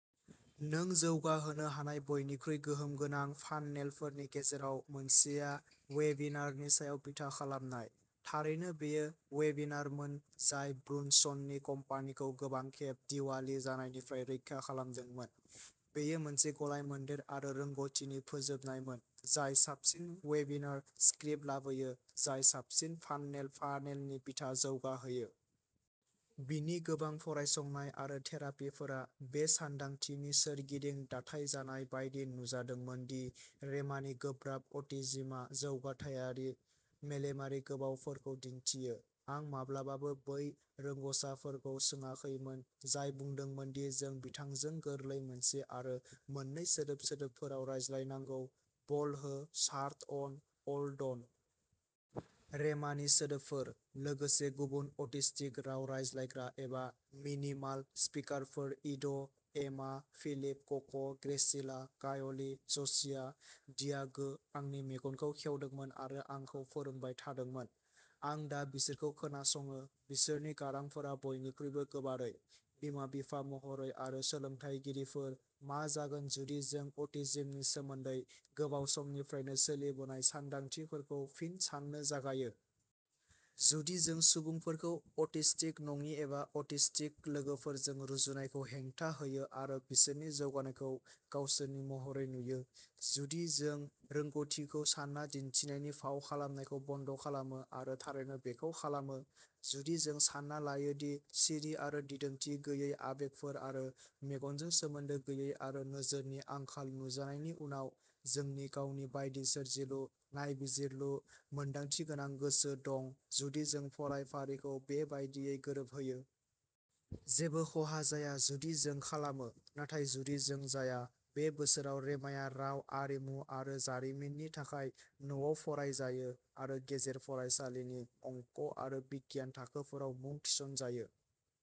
नों जौगाहोनो हानाय बयनिख्रुइ गोहोम गोनां फान्नेलफोरनि गेजेराव मोनसेआ वेबिनारनि सायाव बिथा खालामनाय। थारैनो, बेयो वेबिनारमोन जाय ब्रुनसननि कम्पानिखौ गोबां खेब दिवालि जानायनिफ्राय रैखा खालामदोंमोन। बेयो मोनसे गलायमोनदेर आरो रोंग'थिनि फोजोबनायमोन जाय साबसिन वेबिनार स्क्रिप्ट लाबोयो, जाय साबसिन फान्नेल फानेलनि बिथा जौगाहोयो। बिनि गोबां फरायसंनाय आरो थेरापिफोरा बे सानदांथिनि सोरगिदिं दाथाइजानाय बायदि नुजादोंमोन दि रेमानि गोब्राब अटिज्मआ जौगाथायारि, मेलेमारि गोबावफोरखौ दिन्थियो। आं माब्लाबाबो बै रोंग'सारफोरखौ सोङाखैमोन जाय बुंदोंमोन दि जों बिथांजों गोरलै मोनसे आरो मोननै सोदोब सोदोबफोराव रायज्लायनांगौः "बल हो", "शार्ट अन", "अल डन"। रेमानि सोदोबफोर, लोगोसे गुबुन अटिस्टिक राव रायज्लायग्रा एबा मिनिमाल-स्पिकारफोर-इड', एमा, फिलिप, कक ', ग्रेसिला, कायली, ज'शिया, डियागो-आंनि मेगनखौ खेवदोंमोन आरो आंखौ फोरोंबाय थादोंमोन। आं दा बिसोरखौ खोनासङो, बिसोरनि गारांफोरा बयनिख्रुइबो गोबारै। बिमा-बिफा महरै आरो सोलोंथायगिरिफोर, मा जागोन जुदि जों अटिज्मनि सोमोन्दै गोबाव समनिफ्रायनो सोलिबोनाय सान्दांथिफोरखौ फिन साननो जागायो? जुदि जों सुबुंफोरखौ अटिस्टिक नङि एबा अटिस्टिक लोगोफोरजों रुजुनायखौ हेंथा होयो आरो बिसोरनि जौगानायखौ गावसोरनि महरै नुयो? जुदि जों रोंग'थिखौ सान्ना दिन्थिनायनि फाव खालामनायखौ बन्द'खालामो आरो थारैनो बेखौ खालामो? जुदि जों सान्ना लायो दि सिरि आरो दिदोमथि गैयै आबेगफोर आरो मेगनजों सोमोन्दो गैयै आरो नोजोरनि आंखाल नुजानायनि उनाव, जोंनि गावनि बायदि सोरजिलु, नायबिजिरलु, मोनदांथिगोनां गोसो दंजुदि जों फरायफारिखौ बे बायदियै गोरोबहोयो? जेबो खहा जाया जुदि जों खालामो। नाथाय जुदि जों जाया? बे बोसोराव रेमाया राव आरिमु आरो जारिमिननि थाखाय न'आव फरायजायो आरो गेजेर फरायसालिनि अंक आरो बिगियान थाखोफोराव मुं थिसनजायो।